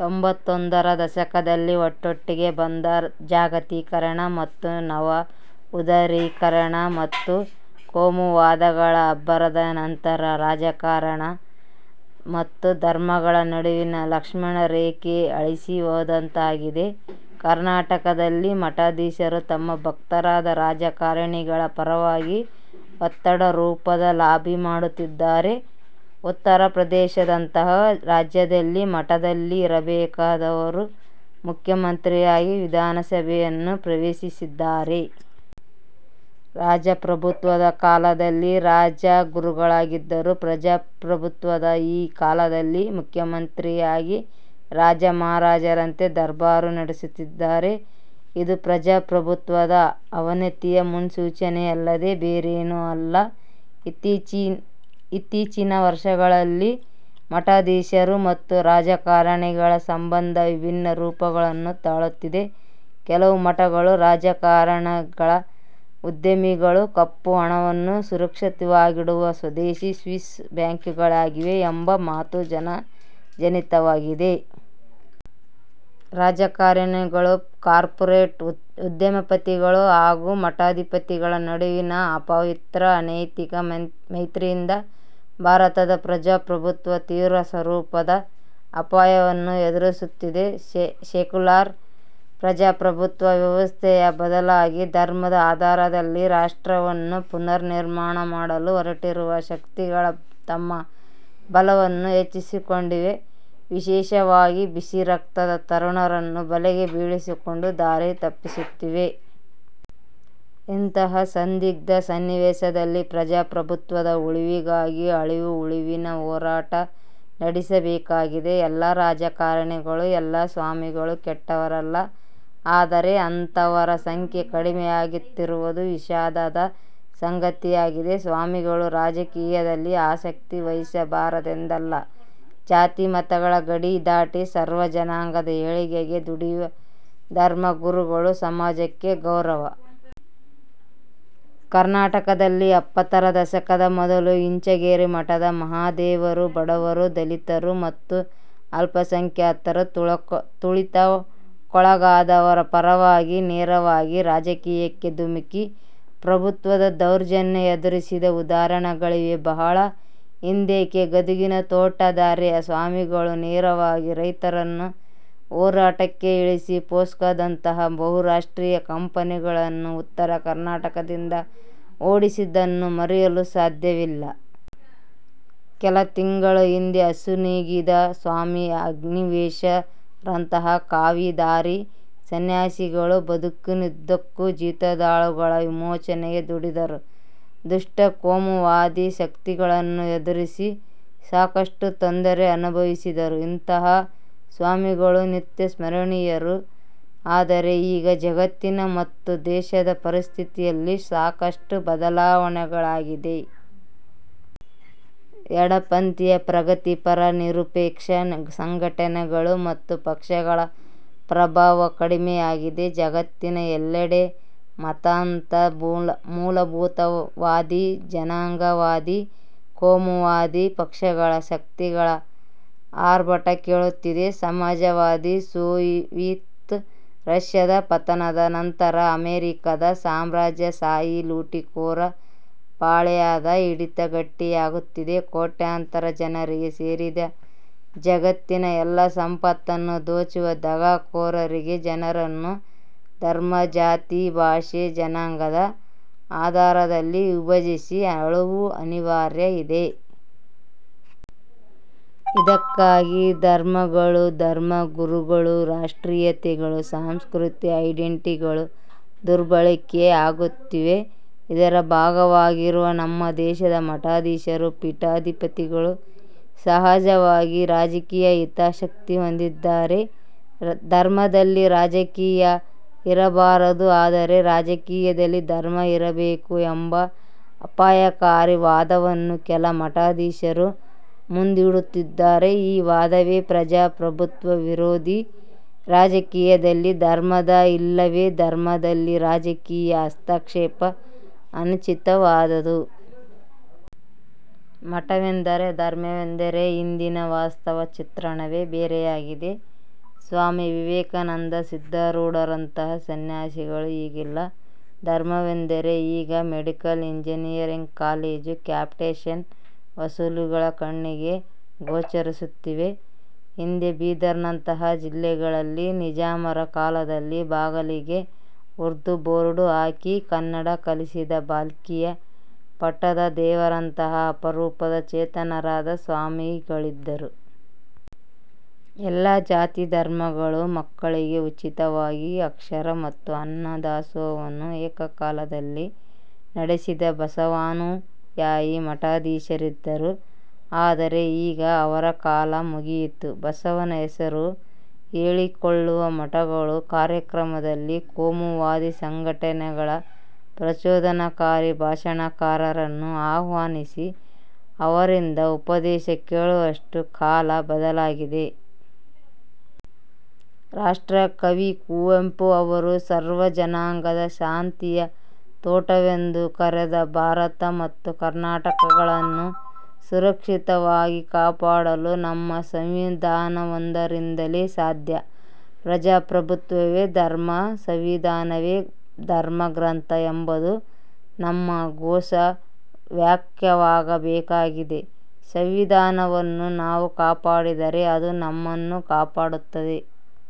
ತೊಂಬತ್ತರ ದಶಕದಲ್ಲಿ ಒಟ್ಟೊಟ್ಟಿಗೆ ಬಂದ ಜಾಗತೀಕರಣ ಮತ್ತು ನವ ಉದಾರೀಕರಣ ಮತ್ತು ಕೋಮುವಾದಗಳ ಅಬ್ಬರದ ನಂತರ ರಾಜಕಾರಣ ಮತ್ತು ಧರ್ಮಗಳ ನಡುವಿನ ಲಕ್ಷ್ಮಣ ರೇಖೆ ಅಳಿಸಿ ಹೋದಂತಾಗಿದೆ. ಕರ್ನಾಟಕದಲ್ಲಿ ಮಠಾಧೀಶರು ತಮ್ಮ ಭಕ್ತರಾದ ರಾಜಕಾರಣಿಗಳ ಪರವಾಗಿ ಒತ್ತಡ ರೂಪದ ಲಾಬಿ ಮಾಡುತ್ತಿದ್ದರೆ, ಉತ್ತರ ಪ್ರದೇಶದಂತಹ ರಾಜ್ಯದಲ್ಲಿ ಮಠದಲ್ಲಿ ಇರಬೇಕಾದವರು ಮುಖ್ಯ ಮಂತ್ರಿಯಾಗಿ ವಿಧಾನಸಭೆಯನ್ನು ಪ್ರವೇಶಿಸಿದ್ದಾರೆ. ರಾಜಪ್ರಭುತ್ವದ ಕಾಲದಲ್ಲಿ ರಾಜ ಗುರುಗಳಾಗಿದ್ದವರು ಪ್ರಜಾಪ್ರಭುತ್ವದ ಈ ಕಾಲದಲ್ಲಿ ಮುಖ್ಯ ಮಂತ್ರಿಯಾಗಿ ರಾಜ, ಮಹಾರಾಜರಂತೆ ದರ್ಬಾರು ನಡೆಸುತ್ತಿದ್ದಾರೆ. ಇದು ಪ್ರಜಾಪ್ರಭುತ್ವದ ಅವನತಿಯ ಮುನ್ಸೂಚನೆಯಲ್ಲದೆ ಬೇರೇನೂ ಅಲ್ಲ. ಇತ್ತೀಚಿನ ವರ್ಷಗಳಲ್ಲಿ ಮಠಾಧೀಶರು ಮತ್ತು ರಾಜಕಾರಣಿಗಳ ಸಂಬಂಧ ವಿಭಿನ್ನ ರೂಪಗಳನ್ನು ತಾಳುತ್ತಿದೆ. ಕೆಲವು ಮಠಗಳು ರಾಜಕಾರಣಿಗಳ ಉದ್ಯಮಿಗಳ ಕಪ್ಪುಹಣವನ್ನು ಸುರಕ್ಷಿತವಾಗಿಡುವ ಸ್ವದೇಶಿ ಸ್ವಿಸ್ ಬ್ಯಾಂಕುಗಳಾಗಿವೆ ಎಂಬ ಮಾತು ಜನ ಜನಿತವಾಗಿದೆ. ರಾಜಕಾರಣಿಗಳು, ಕಾರ್ಪೊರೇಟ್ ಉದ್ಯಮಪತಿಗಳು ಹಾಗೂ ಮಠಾಧಿಪತಿಗಳ ನಡುವಿನ ಅಪವಿತ್ರ, ಅನೈತಿಕ ಮೈತ್ರಿಯಿಂದ ಭಾರತದ ಪ್ರಜಾಪ್ರಭುತ್ವ ತೀವ್ರ ಸ್ವರೂಪದ ಅಪಾಯವನ್ನು ಎದುರಿಸುತ್ತಿದೆ. ಸೆಕ್ಯುಲರ್ ಪ್ರಜಾಪ್ರಭುತ್ವ ವ್ಯವಸ್ಥೆಯ ಬದಲಾಗಿ ಧರ್ಮದ ಆಧಾರದಲ್ಲಿ ರಾಷ್ಟ್ರವನ್ನು ಪುನರ್ನಿರ್ಮಾಣ ಮಾಡಲು ಹೊರಟಿರುವ ಶಕ್ತಿಗಳು ತಮ್ಮ ಬಲವನ್ನು ಹೆಚ್ಚಿಸಿಕೊಂಡಿವೆ. ವಿಶೇಷವಾಗಿ ಬಿಸಿರಕ್ತದ ತರುಣರನ್ನು ಬಲೆಗೆ ಬೀಳಿಸಿಕೊಂಡು ದಾರಿ ತಪ್ಪಿಸುತ್ತಿವೆ. ಇಂತಹ ಸಂದಿಗ್ಧ ಸನ್ನಿವೇಶದಲ್ಲಿ ಪ್ರಜಾಪ್ರಭುತ್ವದ ಉಳಿವಿಗಾಗಿ ಅಳಿವು ಉಳಿವಿನ ಹೋರಾಟ ನಡೆಸಬೇಕಾಗಿದೆ. ಎಲ್ಲ ರಾಜಕಾರಣಿಗಳು, ಎಲ್ಲ ಸ್ವಾಮಿಗಳು ಕೆಟ್ಟವರಲ್ಲ, ಆದರೆ ಅಂತಹವರ ಸಂಖ್ಯೆ ಕಡಿಮೆಯಾಗುತ್ತಿರುವುದು ವಿಷಾದದ ಸಂಗತಿಯಾಗಿದೆ. ಸ್ವಾಮಿಗಳು ರಾಜಕೀಯದಲ್ಲಿ ಆಸಕ್ತಿ ವಹಿಸಬಾರದೆಂದಲ್ಲ. ಜಾತಿ ಮತಗಳ ಗಡಿ ದಾಟಿ ಸರ್ವ ಜನಾಂಗದ ಏಳಿಗೆಗೆ ದುಡಿಯುವ ಧರ್ಮ ಗುರುಗಳು ಸಮಾಜಕ್ಕೆ ಗೌರವ. ಕರ್ನಾಟಕದಲ್ಲಿ ಎಪ್ಪತ್ತರ ದಶಕದ ಮೊದಲು ಇಂಚಗೇರಿ ಮಠದ ಮಹಾದೇವರು ಬಡವರು, ದಲಿತರು ಮತ್ತು ಅಲ್ಪಸಂಖ್ಯಾತರು, ತುಳಿತಕ್ಕೊಳಗಾದವರ ಪರವಾಗಿ ನೇರವಾಗಿ ರಾಜಕೀಯಕ್ಕೆ ಧುಮುಕಿ ಪ್ರಭುತ್ವದ ದೌರ್ಜನ್ಯ ಎದುರಿಸಿದ ಉದಾಹರಣೆಗಳಿವೆ. ಬಹಳ ಹಿಂದೇಕೆ ಗದುಗಿನ ತೋಂಟದಾರ್ಯ ಸ್ವಾಮಿಗಳು ನೇರವಾಗಿ ರೈತರನ್ನು ಹೋರಾಟಕ್ಕೆ ಇಳಿಸಿ ಪೊಸ್ಕೊದಂತಹ ಬಹುರಾಷ್ಟ್ರೀಯ ಕಂಪೆನಿಗಳನ್ನು ಉತ್ತರ ಕರ್ನಾಟಕದಿಂದ ಓಡಿಸಿದ್ದನ್ನು ಮರೆಯಲು ಸಾಧ್ಯವಿಲ್ಲ. ಕೆಲ ತಿಂಗಳ ಹಿಂದೆ ಅಸು ನೀಗಿದ ಸ್ವಾಮಿ ಅಗ್ನಿವೇಶರಂತಹ ಕಾವಿ ಧಾರಿ ಸನ್ಯಾಸಿಗಳು ಬದುಕಿನುದ್ದಕ್ಕೂ ಜೀತದಾಳುಗಳ ವಿಮೋಚನೆಗೆ ದುಡಿದರು. ದುಷ್ಟ ಕೋಮುವಾದಿ ಶಕ್ತಿಗಳನ್ನು ಎದುರಿಸಿ ಸಾಕಷ್ಟು ತೊಂದರೆ ಅನುಭವಿಸಿದರು. ಇಂತಹ ಸ್ವಾಮಿಗಳು ನಿತ್ಯ ಸ್ಮರಣೀಯರು. ಆದರೆ ಈಗ ಜಗತ್ತಿನ ಮತ್ತು ದೇಶದ ಪರಿಸ್ಥಿತಿಯಲ್ಲಿ ಸಾಕಷ್ಟು ಬದಲಾವಣೆಯಾಗಿದೆ. ಎಡಪಂಥೀಯ ಪ್ರಗತಿಪರ, ಮತ ನಿರಪೇಕ್ಷ ಸಂಘಟನೆಗಳು ಮತ್ತು ಪಕ್ಷಗಳ ಪ್ರಭಾವ ಕಡಿಮೆಯಾಗಿದೆ. ಜಗತ್ತಿನ ಎಲ್ಲೆಡೆ ಮತಾಂಧ ಮೂಲಭೂತವಾದಿ, ಜನಾಂಗವಾದಿ, ಕೋಮುವಾದಿ ಪಕ್ಷಗಳ, ಶಕ್ತಿಗಳ ಆರ್ಭಟ ಕೇಳುತ್ತಿದೆ. ಸಮಾಜವಾದಿ ಸೋವಿಯತ್ ರಶ್ಯದ ಪತನದ ನಂತರ ಅಮೆರಿಕದ ಸಾಮ್ರಾಜ್ಯಶಾಹಿ ಲೂಟಿಕೋರ ಪಾಳೆಯದ ಹಿಡಿತ ಗಟ್ಟಿಯಾಗುತ್ತಿದೆ. ಕೋಟ್ಯಂತರ ಜನರಿಗೆ ಸೇರಿದ ಜಗತ್ತಿನ ಎಲ್ಲ ಸಂಪತ್ತನ್ನು ದೋಚುವ ದಗಾಕೋರರಿಗೆ ಜನರನ್ನು ಧರ್ಮ, ಜಾತಿ, ಭಾಷೆ, ಜನಾಂಗದ ಆಧಾರದಲ್ಲಿ ವಿಭಜಿಸಿ ಆಳುವ ಅನಿವಾರ್ಯ ಇದೆ. ಇದಕ್ಕಾಗಿ ಧರ್ಮಗಳು, ಧರ್ಮಗುರುಗಳು, ರಾಷ್ಟ್ರೀಯತೆಗಳು, ಸಾಂಸ್ಕೃತಿಕ ಐಡೆಂಟಿಟಿಗಳು ದುರ್ಬಳಕೆ ಆಗುತ್ತಿವೆ. ಇದರ ಭಾಗವಾಗಿರುವ ನಮ್ಮ ದೇಶದ ಮಠಾಧೀಶರು, ಪೀಠಾಧಿಪತಿಗಳು ಸಹಜವಾಗಿ ರಾಜಕೀಯ ಹಿತಾಸಕ್ತಿ ಹೊಂದಿದ್ದಾರೆ. ಧರ್ಮದಲ್ಲಿ ರಾಜಕೀಯ ಇರಬಾರದು ಆದರೆ ರಾಜಕೀಯದಲ್ಲಿ ಧರ್ಮ ಇರಬೇಕು ಎಂಬ ಅಪಾಯಕಾರಿ ವಾದವನ್ನು ಕೆಲ ಮಠಾಧೀಶರು ಮುಂದಿಡುತ್ತಿದ್ದಾರೆ. ಈ ವಾದವೇ ಪ್ರಜಾಪ್ರಭುತ್ವ ವಿರೋಧಿ ರಾಜಕೀಯದಲ್ಲಿ ಧರ್ಮದ ಇಲ್ಲವೇ ಧರ್ಮದಲ್ಲಿ ರಾಜಕೀಯ ಹಸ್ತಕ್ಷೇಪ ಅನುಚಿತವಾದುದು. ಮಠವೆಂದರೆ, ಧರ್ಮವೆಂದರೆ ಇಂದಿನ ವಾಸ್ತವ ಚಿತ್ರಣವೇ ಬೇರೆಯಾಗಿದೆ. ಸ್ವಾಮಿ ವಿವೇಕಾನಂದ, ಸಿದ್ದಾರೂಢರಂತಹ ಸನ್ಯಾಸಿಗಳು ಈಗಿಲ್ಲ. ಧರ್ಮವೆಂದರೆ ಈಗ ಮೆಡಿಕಲ್, ಇಂಜಿನಿಯರಿಂಗ್ ಕಾಲೇಜು, ಕ್ಯಾಪಿಟೇಶನ್ ವಸೂಲಿಗಳು ಕಣ್ಣಿಗೆ ಗೋಚರಿಸುತ್ತಿವೆ. ಹಿಂದೆ ಬೀದರ್ನಂತಹ ಜಿಲ್ಲೆಗಳಲ್ಲಿ ನಿಜಾಮರ ಕಾಲದಲ್ಲಿ ಬಾಗಿಲಿಗೆ ಉರ್ದು ಬೋರ್ಡ್ ಹಾಕಿ ಕನ್ನಡ ಕಲಿಸಿದ ಬಾಲ್ಕಿಯ ಪಟ್ಟದ ದೇವರಂತಹ ಅಪರೂಪದ ಚೇತನರಾದ ಸ್ವಾಮಿಗಳಿದ್ದರು. ಎಲ್ಲ ಜಾತಿ, ಧರ್ಮಗಳ ಮಕ್ಕಳಿಗೆ ಉಚಿತವಾಗಿ ಅಕ್ಷರ ಮತ್ತು ಅನ್ನ ದಾಸೋಹವನ್ನು ಏಕಕಾಲದಲ್ಲಿ ನಡೆಸಿದ ಬಸವಾನುಯಾಯಿ ಮಠಾಧೀಶರಿದ್ದರು. ಆದರೆ ಈಗ ಅವರ ಕಾಲ ಮುಗಿಯಿತು. ಬಸವನ ಹೆಸರು ಹೇಳಿಕೊಳ್ಳುವ ಮಠಗಳ ಕಾರ್ಯಕ್ರಮದಲ್ಲಿ ಕೋಮುವಾದಿ ಸಂಘಟನೆಗಳ ಪ್ರಚೋದನಕಾರಿ ಭಾಷಣಕಾರರನ್ನು ಆಹ್ವಾನಿಸಿ ಅವರಿಂದ ಉಪದೇಶ ಕೇಳುವಷ್ಟು ಕಾಲ ಬದಲಾಗಿದೆ. ರಾಷ್ಟ್ರ ಕವಿ ಕುವೆಂಪು ಅವರು ಸರ್ವಜನಾಂಗದ ಶಾಂತಿಯ ತೋಟವೆಂದು ಕರೆದ ಭಾರತ ಮತ್ತು ಕರ್ನಾಟಕಗಳನ್ನು ಸುರಕ್ಷಿತವಾಗಿ ಕಾಪಾಡಲು ನಮ್ಮ ಸಂವಿಧಾನವೊಂದರಿಂದಲೇ ಸಾಧ್ಯ. 'ಪ್ರಜಾಪ್ರಭುತ್ವವೇ ಧರ್ಮ, ಸಂವಿಧಾನವೇ ಧರ್ಮಗ್ರಂಥ' ಎಂಬುದು ನಮ್ಮ ಘೋಷ ವಾಕ್ಯವಾಗಬೇಕಾಗಿದೆ. ಸಂವಿಧಾನವನ್ನು ನಾವು ಕಾಪಾಡಿದರೆ ಅದು ನಮ್ಮನ್ನು ಕಾಪಾಡುತ್ತದೆ.